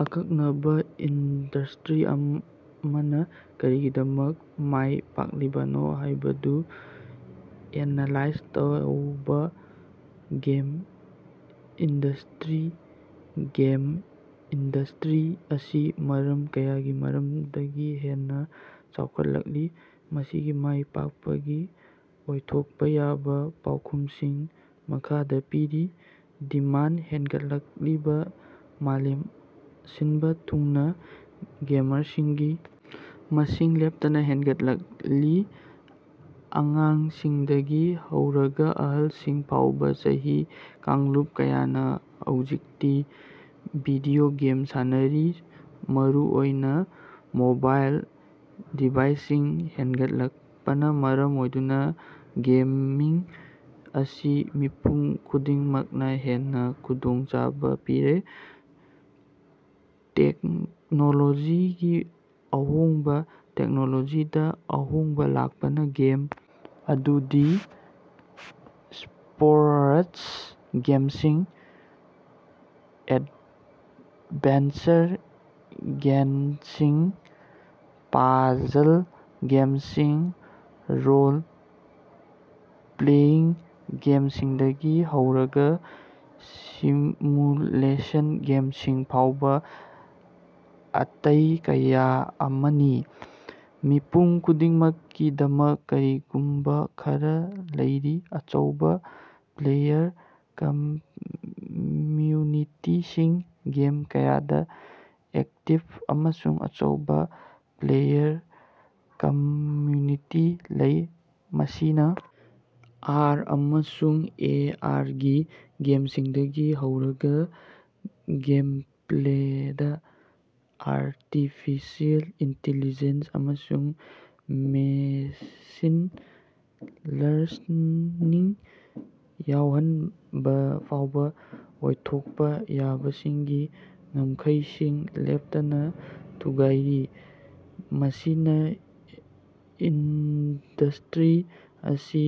ꯑꯀꯛꯅꯕ ꯏꯟꯗꯁꯇ꯭ꯔꯤ ꯑꯃꯅ ꯀꯔꯤꯒꯤꯗꯃꯛ ꯃꯥꯏ ꯄꯥꯛꯂꯤꯕꯅꯣ ꯍꯥꯏꯕꯗꯨ ꯑꯦꯅꯥꯂꯥꯏꯖ ꯇꯧꯕꯥ꯫ Game industry. ꯒꯦꯝ ꯏꯟꯗꯁꯇ꯭ꯔꯤ ꯑꯁꯤ ꯃꯔꯝ ꯀꯌꯥꯒꯤ ꯃꯔꯝꯗꯒꯤ ꯍꯦꯟꯅꯥ ꯆꯥꯎꯈꯠꯂꯛꯂꯤ꯫ ꯃꯁꯤꯒꯤ ꯃꯥꯏ ꯄꯥꯛꯄꯒꯤ ꯑꯣꯏꯊꯣꯛꯄ ꯌꯥꯕꯥ ꯄꯥꯎꯈꯨꯝꯁꯤꯡ ꯃꯈꯥꯗ ꯄꯤꯔꯤ ꯗꯤꯃꯥꯟꯗ ꯍꯦꯡꯒꯠꯂꯛꯂꯤꯕ ꯃꯥꯂꯦꯝ ꯁꯤꯟꯕ ꯊꯨꯡꯅ ꯒꯦꯃꯔꯁꯤꯡꯒꯤ ꯃꯁꯤꯡ ꯂꯦꯞꯇꯅꯥ ꯍꯦꯡꯒꯠꯂꯛꯂꯤ꯫ ꯑꯉꯥꯡꯁꯤꯡꯗꯒꯤ ꯍꯧꯔꯒꯥ ꯑꯍꯜꯁꯤꯡ ꯐꯥꯎꯕꯥ, ꯆꯍꯤ ꯀꯥꯡꯂꯨꯞ ꯀꯌꯥꯅꯥ ꯍꯧꯖꯤꯛꯇꯤ ꯚꯤꯗꯤꯑꯣ ꯒꯦꯝ ꯁꯥꯟꯅꯔꯤ ꯃꯔꯨꯑꯣꯏꯅꯥ ꯃꯣꯕꯥꯏꯜ ꯗꯤꯚꯥꯏꯁꯁꯤꯡ ꯍꯦꯡꯒꯠꯂꯛꯄꯅꯥ ꯃꯔꯝ ꯑꯣꯏꯗꯨꯅꯥ ꯒꯦꯃꯤꯡ ꯑꯁꯤ ꯃꯤꯄꯨꯝ ꯈꯨꯗꯤꯡꯃꯛꯅꯥ ꯍꯦꯟꯅꯥ ꯈꯨꯗꯣꯡꯆꯥꯕꯥ ꯄꯤꯔꯦ꯫ ꯇꯦꯛꯅꯣꯂꯣꯖꯤꯒꯤ ꯑꯍꯣꯡꯕꯥ ꯇꯦꯛꯅꯣꯂꯣꯖꯤꯗꯥ ꯑꯍꯣꯡꯕꯥ ꯂꯥꯛꯄꯅ ꯒꯦꯝ ꯑꯗꯨꯗꯤ ꯁ꯭ꯄꯣꯔꯠꯁ ꯒꯦꯝꯁꯤꯡ, ꯑꯦꯗꯚꯦꯟꯆꯔ ꯒꯦꯟꯁꯤꯡ, ꯄꯥꯖꯜ ꯒꯦꯝꯁꯤꯡ, ꯔꯣꯜ-ꯄ꯭ꯂꯦꯌꯤꯡ ꯒꯦꯝꯁꯤꯡꯗꯒꯤ ꯍꯧꯔꯒꯥ ꯁꯤꯃꯨꯂꯦꯁꯟ ꯒꯦꯝꯁꯤꯡ ꯐꯥꯎꯕꯥ, ꯑꯇꯦꯏ ꯀꯌꯥ ꯑꯃꯅꯤ꯫ ꯃꯤꯄꯨꯝ ꯈꯨꯗꯤꯡꯃꯛꯀꯤꯗꯃꯛ ꯀꯔꯤꯒꯨꯝꯕꯥ ꯈꯔꯥ ꯂꯩꯔꯤ꯫ ꯑꯆꯧꯕꯥ ꯄ꯭ꯂꯦꯌꯔ ꯀꯝꯃ꯭ꯌꯨꯅꯤꯇꯤꯁꯤꯡ: ꯒꯦꯝ ꯀꯌꯥꯗꯥ ꯑꯦꯛꯇꯤꯕ ꯑꯃꯁꯨꯡ ꯑꯆꯧꯕꯥ ꯄ꯭ꯂꯦꯌꯔ ꯀꯝꯃ꯭ꯌꯨꯅꯤꯇꯤ ꯂꯩ, ꯃꯁꯤꯅꯥ ꯑꯥꯔ. ꯑꯃꯁꯨꯡ ꯑꯦ. ꯑꯥꯔ. ꯒꯤ ꯒꯦꯝꯁꯤꯡꯗꯒꯤ ꯍꯧꯔꯒꯥ ꯒꯦꯃꯄ꯭ꯂꯦꯗꯥ ꯑꯥꯔꯇꯤꯐꯤꯁꯤꯑꯦꯜ ꯏꯟꯇꯦꯂꯤꯖꯦꯟꯁ ꯑꯃꯁꯨꯡ ꯃꯦꯁꯤꯟ ꯂꯔꯅꯤꯡ ꯌꯥꯎꯍꯟꯕꯐꯥꯎꯕꯥ ꯑꯣꯏꯊꯣꯛꯄ ꯌꯥꯕꯁꯤꯡꯒꯤ ꯉꯝꯈꯩꯁꯤꯡ ꯂꯦꯞꯇꯅ ꯊꯨꯒꯥꯏꯔꯤ꯫ ꯃꯁꯤꯅꯥ ꯏꯟꯗꯁꯇꯔꯤ ꯑꯁꯤ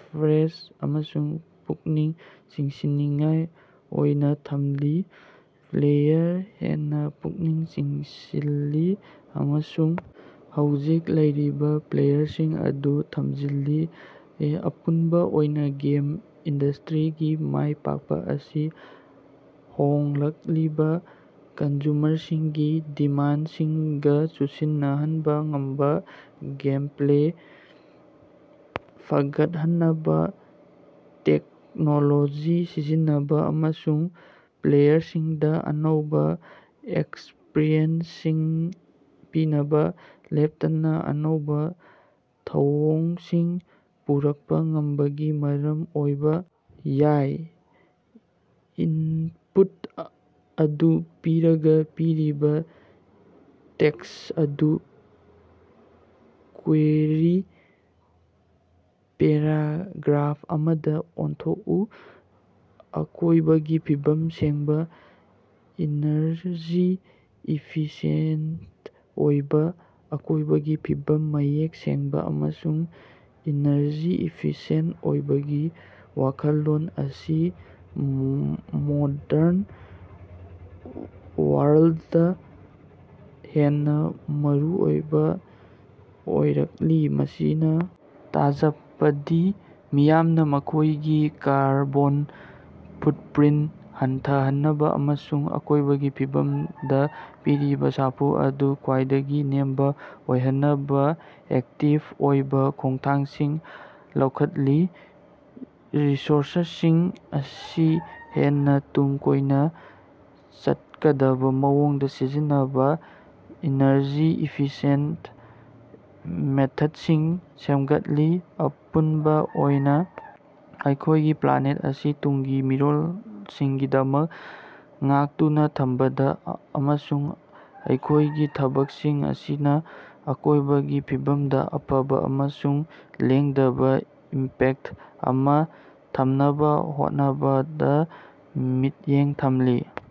ꯐ꯭ꯔꯦꯁ ꯑꯃꯁꯨꯡ ꯄꯨꯛꯅꯤꯡ ꯆꯤꯡꯁꯤꯟꯅꯤꯡꯉꯥꯏ ꯑꯣꯏꯅꯥ ꯊꯝꯂꯤ, ꯄ꯭ꯂꯦꯌꯔ ꯍꯦꯟꯅꯥ ꯄꯨꯛꯅꯤꯡ ꯆꯤꯡꯁꯤꯜꯂꯤ, ꯑꯃꯁꯨꯡ ꯍꯧꯖꯤꯛ ꯂꯩꯔꯤꯕ ꯄ꯭ꯂꯦꯌꯔꯁꯤꯡ ꯑꯗꯨ ꯊꯝꯖꯤꯜꯂꯤ꯫ ꯑꯄꯨꯟꯕ ꯑꯣꯏꯅ ꯒꯦꯝ ꯏꯟꯗꯁꯇ꯭ꯔꯤꯒꯤ ꯃꯥꯏ ꯄꯥꯛꯄ ꯑꯁꯤ ꯍꯣꯡꯂꯛꯂꯤꯕ ꯀꯟꯖꯨꯃꯔꯁꯤꯡꯒꯤ ꯗꯤꯃꯥꯟꯗꯁꯤꯡꯒ ꯆꯨꯁꯤꯟꯅꯍꯟꯕ ꯉꯝꯕ, ꯒꯦꯝꯄ꯭ꯂꯦ ꯐꯒꯠꯍꯟꯅꯕ ꯇꯦꯛꯅꯣꯂꯣꯖꯤ ꯁꯤꯖꯤꯟꯅꯕ, ꯑꯃꯁꯨꯡ ꯄ꯭ꯂꯦꯌꯔꯁꯤꯡꯗꯥ ꯑꯅꯧꯕ ꯑꯦꯛꯁꯄꯔꯤꯌꯦꯟꯁꯁꯤꯡ ꯄꯤꯅꯕ ꯂꯦꯞꯇꯅ ꯑꯅꯧꯕ ꯊꯧꯑꯣꯡꯁꯤꯡ ꯄꯨꯔꯛꯄ ꯉꯝꯕꯒꯤ ꯃꯔꯝ ꯑꯣꯏꯕꯥ ꯌꯥꯏ꯫ ꯏꯅꯄꯨꯠ ꯑꯗꯨ ꯄꯤꯔꯒ, ꯄꯤꯔꯤꯕ ꯇꯦꯛꯁ ꯑꯗꯨ ꯀ꯭ꯋꯦꯔꯤ ꯄꯦꯔꯥꯒ꯭ꯔꯥꯐ ꯑꯃꯗ ꯑꯣꯟꯊꯣꯛꯎ꯫ ꯑꯀꯣꯏꯕꯒꯤ ꯐꯤꯕꯝ ꯁꯦꯡꯕ, ꯏꯅꯔꯖꯤ ꯏꯐꯤꯁꯤꯌꯦꯟꯠ ꯑꯣꯏꯕ꯫ ꯑꯀꯣꯏꯕꯒꯤ ꯐꯤꯕꯝ ꯃꯌꯦꯛ ꯁꯦꯡꯕ ꯑꯃꯁꯨꯡ ꯏꯅꯔꯖꯤ ꯏꯐꯤꯁꯤꯌꯦꯟꯠ ꯑꯣꯏꯕꯒꯤ ꯋꯥꯈꯜꯂꯣꯟ ꯑꯁꯤ ꯃꯣꯗꯔꯟ ꯋꯥꯔꯜꯗꯇ ꯍꯦꯟꯅ ꯃꯔꯨꯑꯣꯏꯕ ꯑꯣꯏꯔꯛꯂꯤ꯫ ꯃꯁꯤꯅ ꯇꯥꯖꯄꯗꯤ ꯃꯤꯌꯥꯝꯅꯥ ꯃꯈꯣꯏꯒꯤ ꯀꯥꯔꯕꯣꯟ ꯐꯨꯠꯄ꯭ꯔꯤꯟꯠ ꯍꯟꯊꯍꯟꯅꯕ ꯑꯃꯁꯨꯡ ꯑꯀꯣꯏꯕꯒꯤ ꯐꯤꯕꯝꯗ ꯄꯤꯔꯤꯕꯥ ꯁꯥꯐꯨ ꯑꯗꯨ ꯈ꯭ꯋꯥꯏꯗꯒꯤ ꯅꯦꯝꯕ ꯑꯣꯏꯍꯟꯅꯕ ꯑꯦꯛꯇꯤꯕ ꯑꯣꯏꯕꯥ ꯈꯣꯡꯊꯥꯡꯁꯤꯡ ꯂꯧꯈꯠꯂꯤ꯫ ꯔꯤꯁꯣꯔꯁꯁꯤꯡ ꯑꯁꯤ ꯍꯦꯟꯅ ꯇꯨꯡ ꯀꯣꯏꯅꯥ ꯆꯠꯀꯗꯕ ꯃꯑꯣꯡꯗ ꯁꯤꯖꯤꯟꯅꯅꯕꯥ ꯏꯅꯔꯖꯤ ꯏꯐꯤꯁꯤꯌꯦꯟꯇ ꯃꯦꯊꯗꯁꯤꯡ ꯁꯦꯝꯒꯠꯂꯤ꯫ ꯑꯄꯨꯟꯕꯥ ꯑꯣꯏꯅꯥ ꯑꯩꯈꯣꯏꯒꯤ ꯄ꯭ꯂꯥꯅꯦꯠ ꯑꯁꯤ ꯇꯨꯡꯒꯤ ꯃꯤꯔꯣꯜꯁꯤꯡꯒꯤꯗꯃꯛ ꯉꯥꯛꯇꯨꯅꯥ ꯊꯝꯕꯗꯥ ꯑꯃꯁꯨꯡ ꯑꯩꯈꯣꯌꯒꯤ ꯊꯕꯛꯁꯤꯡ ꯑꯁꯤꯅ ꯑꯀꯣꯏꯕꯒꯤ ꯐꯤꯕꯝꯗꯥ ꯑꯐꯕ ꯑꯃꯁꯨꯡ ꯂꯦꯡꯗꯕꯥ ꯏꯝꯄꯦꯛꯇ ꯑꯃꯥ ꯊꯝꯅꯕꯥ ꯍꯣꯠꯅꯕꯗ ꯃꯤꯠꯌꯦꯡ ꯊꯝꯂꯤ꯫